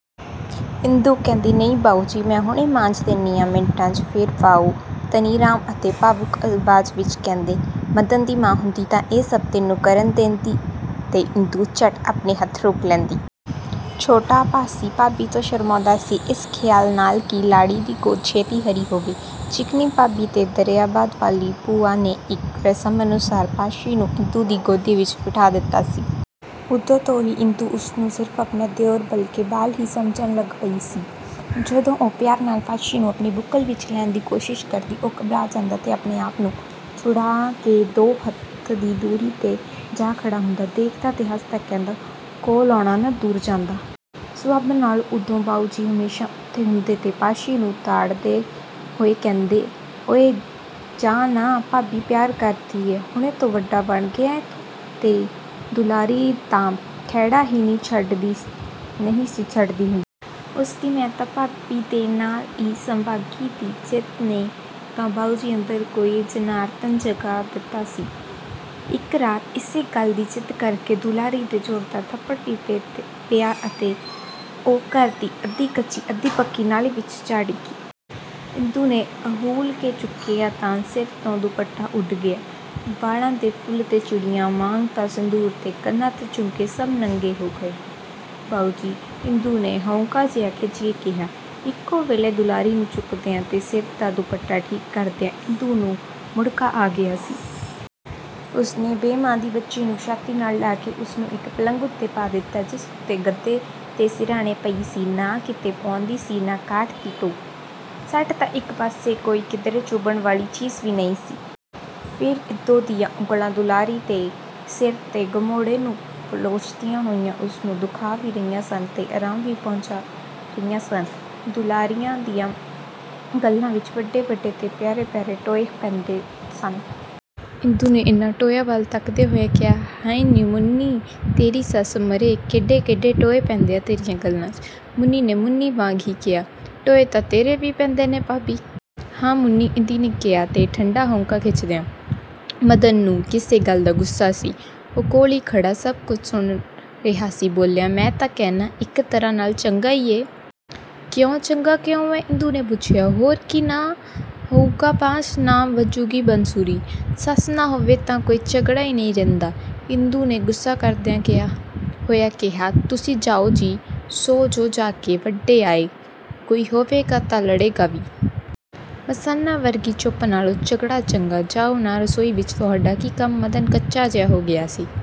" ਇੰਦੂ ਕਹਿੰਦੀ-"ਨਹੀਂ ਬਾਊਜੀ, ਮੈਂ ਹੁਣੇ ਮਾਂਜ ਦੇਨੀ ਆਂ, ਮਿੰਟਾਂ 'ਚ। " ਫੇਰ ਬਾਊ ਧਨੀਰਾਮ ਅਤੀ ਭਾਵੁਕ ਆਵਾਜ਼ ਵਿਚ ਕਹਿੰਦੇ-"ਮਦਨ ਦੀ ਮਾਂ ਹੁੰਦੀ ਤਾਂ ਇਹ ਸਭ ਤੈਨੂੰ ਕਰਨ ਦੇਂਦੀ? " ਤੇ ਇੰਦੂ ਝੱਟ ਆਪਣੇ ਹੱਥ ਰੋਕ ਲੈਂਦੀ। ਛੋਟਾ ਪਾਸ਼ੀ ਭਾਬੀ ਤੋਂ ਸ਼ਰਮਾਉਂਦਾ ਸੀ। ਇਸ ਖ਼ਿਆਲ ਨਾਲ ਕਿ ਲਾੜੀ ਦੀ ਗੋਦ ਛੇਤੀ ਹਰੀ ਹੋਵੇ, ਚਿਕਨੀ ਭਾਬੀ ਤੇ ਦਰਿਆਬਾਦ ਵਾਲੀ ਭੂਆ ਨੇ ਇਕ ਰਸਮ ਅਨੁਸਾਰ ਪਾਸ਼ੀ ਨੂੰ ਇੰਦੂ ਦੀ ਗੋਦੀ ਵਿਚ ਬਿਠਾਅ ਦਿਤਾ ਸੀ। ਉਦੋਂ ਤੋਂ ਹੀ ਇੰਦੂ ਉਸਨੂੰ ਨਾ ਸਿਰਫ ਆਪਣਾ ਦਿਓਰ ਬਲਿਕੇ ਬਾਲ ਹੀ ਸਮਝਣ ਲੱਗ ਪਈ ਸੀ। ਜਦੋਂ ਉਹ ਪਿਆਰ ਨਾਲ ਪਾਸ਼ੀ ਨੂੰ ਆਪਣੀ ਬੁੱਕਲ ਵਿਚ ਲੈਣ ਦੀ ਕੋਸ਼ਿਸ਼ ਕਰਦੀ, ਉਹ ਘਬਰਾ ਜਾਂਦਾ ਤੇ ਆਪਣੇ ਆਪ ਨੂੰ ਛੁਡਾਅ ਕੇ ਦੋ ਹੱਥ ਦੀ ਦੂਰੀ 'ਤੇ ਜਾ ਖੜ੍ਹਾ ਹੁੰਦਾ-ਦੇਖਦਾ ਤੇ ਹੱਸਦਾ ਰਹਿੰਦਾ; ਕੋਲ ਆਉਂਦਾ ਨਾ ਦੂਰ ਜਾਂਦਾ। ਸਬੱਬ ਨਾਲ ਉਦੋਂ ਬਾਊਜੀ ਹਮੇਸ਼ਾ ਉੱਥੇ ਹੁੰਦੇ ਤੇ ਪਾਸ਼ੀ ਨੂੰ ਤਾੜਦੇ ਹੋਏ ਕਹਿੰਦੇ-"ਓਇ ਜਾਹ ਨਾ… ਭਾਬੀ ਪਿਆਰ ਕਰਦੀ ਏ। ਹੁਣੇ ਤੋਂ ਵੱਡਾ ਬਣ ਗਿਆ ਏਂ ਤੂੰ? " ਤੇ ਦੁਲਾਰੀ ਤਾਂ ਖਹਿੜਾ ਹੀ ਨਹੀਂ ਸੀ ਛੱਡਦੀ ਹੁੰਦੀ। ਉਸਦੀ 'ਮੈਂ ਤਾਂ ਭਾਬੀ ਦੇ ਨਾਲ ਈ ਸੰਵਾਂਗੀ' ਦੀ ਜ਼ਿਦ ਨੇ ਤਾਂ ਬਾਊਜੀ ਅੰਦਰ ਕੋਈ ਜਨਾਰਧਨ ਜਗਾ ਦਿਤਾ ਸੀ। ਇਕ ਰਾਤ ਇਸੇ ਗੱਲ ਦੀ ਜ਼ਿਦ ਕਰਕੇ ਦੁਲਾਰੀ ਦੇ ਜ਼ੋਰਦਾਰ ਥੱਪੜ ਵੀ ਪਿਆ ਤੇ ਉਹ ਘਰ ਦੀ ਅੱਧੀ–ਕੱਚੀ, ਅੱਧੀ–ਪੱਕੀ ਨਾਲੀ ਵਿਚ ਜਾ ਡਿੱਗੀ। ਇੰਦੂ ਨੇ ਅਹੂਲ ਕੇ ਚੁੱਕਿਆ ਤਾਂ ਸਿਰ ਤੋਂ ਦੁੱਪਟਾ ਉੱਡ ਗਿਆ। ਵਾਲਾਂ ਦੇ ਫੁੱਲ ਤੇ ਚਿੜੀਆਂ, ਮਾਂਗ ਦਾ ਸਿੰਧੂਰ ਤੇ ਕੰਨਾਂ ਦੇ ਝੁਮਕੇ ਸਭ ਨੰਗੇ ਹੋ ਗਏ। "ਬਾਊਜੀ! " ਇੰਦੂ ਨੇ ਹਊਂਕਾ ਜਿਹਾ ਖਿੱਚ ਕੇ ਕਿਹਾ… ਇਕੋ ਵੇਲੇ ਦੁਲਾਰੀ ਨੂੰ ਚੁੱਕਦਿਆਂ ਤੇ ਸਿਰ ਦਾ ਦੁਪੱਟਾ ਠੀਕ ਕਰਦਿਆਂ ਇੰਦੂ ਨੂੰ ਮੁੜ੍ਹਕਾ ਆ ਗਿਆ ਸੀ। ਉਸਨੇ ਬੇ–ਮਾਂ ਦੀ ਬੱਚੀ ਨੂੰ ਛਾਤੀ ਨਾਲ ਲਾ ਕੇ ਉਸਨੂੰ ਇਕ ਪਲੰਘ ਉੱਤੇ ਪਾ ਦਿਤਾ, ਜਿਸ ਉੱਤੇ ਗੱਦੇ ਤੇ ਸਿਰਹਾਣੇ ਪਏ ਸੀ। ਨਾ ਕਿਤੇ ਪੁਆਂਦੀ ਸੀ ਨਾ ਕਾਠ ਦੀ ਢੋਅ। ਸੱਟ ਤਾਂ ਇਕ ਪਾਸੇ ਕੋਈ ਕਿਧਰੇ ਚੁਭਣ ਵਾਲੀ ਚੀਜ਼ ਵੀ ਨਹੀਂ ਸੀ। ਫੇਰ ਇੰਦੂ ਦੀਆਂ ਉਂਗਲਾਂ ਦੁਲਾਰੀ ਦੇ ਸਿਰ ਦੇ ਗਮੋੜ੍ਹੇ ਨੂੰ ਪਲੋਸਤੀਆਂ ਹੋਈਆਂ-ਉਸਨੂੰ ਦੁਖਾਅ ਵੀ ਰਹੀਆਂ ਸਨ ਤੇ ਆਰਾਮ ਵੀ ਪਹੁੰਚਾਅ ਰਹੀਆਂ ਸਨ। ਦੁਲਾਰੀਆਂ ਦੀਆਂ ਗੱਲ੍ਹਾਂ ਵਿਚ ਵੱਡੇ ਵੱਡੇ ਤੇ ਪਿਆਰੇ ਪਿਆਰੇ ਟੋਏ ਪੈਂਦੇ ਸਨ। ਇੰਦੂ ਨੇ ਉਹਨਾਂ ਟੋਇਆਂ ਵੱਲ ਤੱਕਦਿਆਂ ਹੋਇਆਂ ਕਿਹਾ-"ਹਾਏ ਨੀਂ ਮੁੰਨੀਂ! ਤੇਰੀ ਸੱਸ ਮਰੇ, ਕੇਡੇ ਕੇਡੇ ਟੋਏ ਪੈਂਦੇ ਆ ਤੇਰੀਆਂ ਗੱਲ੍ਹਾਂ 'ਚ…! " ਮੁੰਨੀ ਨੇ ਮੁੰਨੀ ਵਾਂਗ ਹੀ ਕਿਹਾ-"ਟੋਏ ਤਾਂ ਤੇਰੇ ਵੀ ਪੈਂਦੇ ਨੇ ਭਾਬੀ! " "ਹਾਂ ਮੁੰਨੀ! " ਇੰਦੂ ਨੇ ਕਿਹਾ ਤੇ ਠੰਡਾ ਹਊਕਾ ਖਿੱਚਿਆ। ਮਦਨ ਨੂੰ ਕਿਸੇ ਗੱਲ ਦਾ ਗੁੱਸਾ ਸੀ। ਉਹ ਕੋਲ ਹੀ ਖੜ੍ਹਾ ਸਭ ਕੁਝ ਸੁਣ ਰਿਹਾ ਸੀ। ਬੋਲਿਆ, "ਮੈਂ ਤਾਂ ਕਹਿਣਾ, ਇਕ ਤਰ੍ਹਾਂ ਨਾਲ ਚੰਗਾ ਈ ਏ। " "ਕਿਉਂ, ਚੰਗਾ ਕਿਉਂ ਐ? " ਇੰਦੂ ਨੇ ਪੁੱਛਿਆ। "ਹੋਰ ਕੀ, ਨਾ ਹੋਊਗਾ ਬਾਂਸ, ਨਾ ਵੱਜੂਗੀ ਬੰਸਰੀ। ਸੱਸ ਨਾ ਹੋਵੇ ਤਾਂ ਕੋਈ ਝਗੜਾ ਈ ਨਹੀਂ ਰਹਿੰਦਾ। " ਇੰਦੂ ਨੇ ਗੁੱਸਾ ਕਰਦਿਆਂ ਹੋਇਆਂ ਕਿਹਾ-"ਤੁਸੀਂ ਜਾਓ ਜੀ, ਸੌਂ ਜੋ ਜਾ ਕੇ, ਵੱਡੇ ਆਏ… ਕੋਈ ਹੋਵੇਗਾ ਤਾਂ ਲੜੇਗਾ ਵੀ। ਮਸਾਨਾ ਵਰਗੀ ਚੁੱਪ ਨਾਲੋਂ ਝਗੜਾ ਚੰਗਾ। ਜਾਓ ਨਾ, ਰਸੋਈ ਵਿਚ ਤੁਹਾਡਾ ਕੀ ਕੰਮ? " ਮਦਨ ਕੱਚਾ ਜਿਹਾ ਹੋ ਗਿਆ ਸੀ।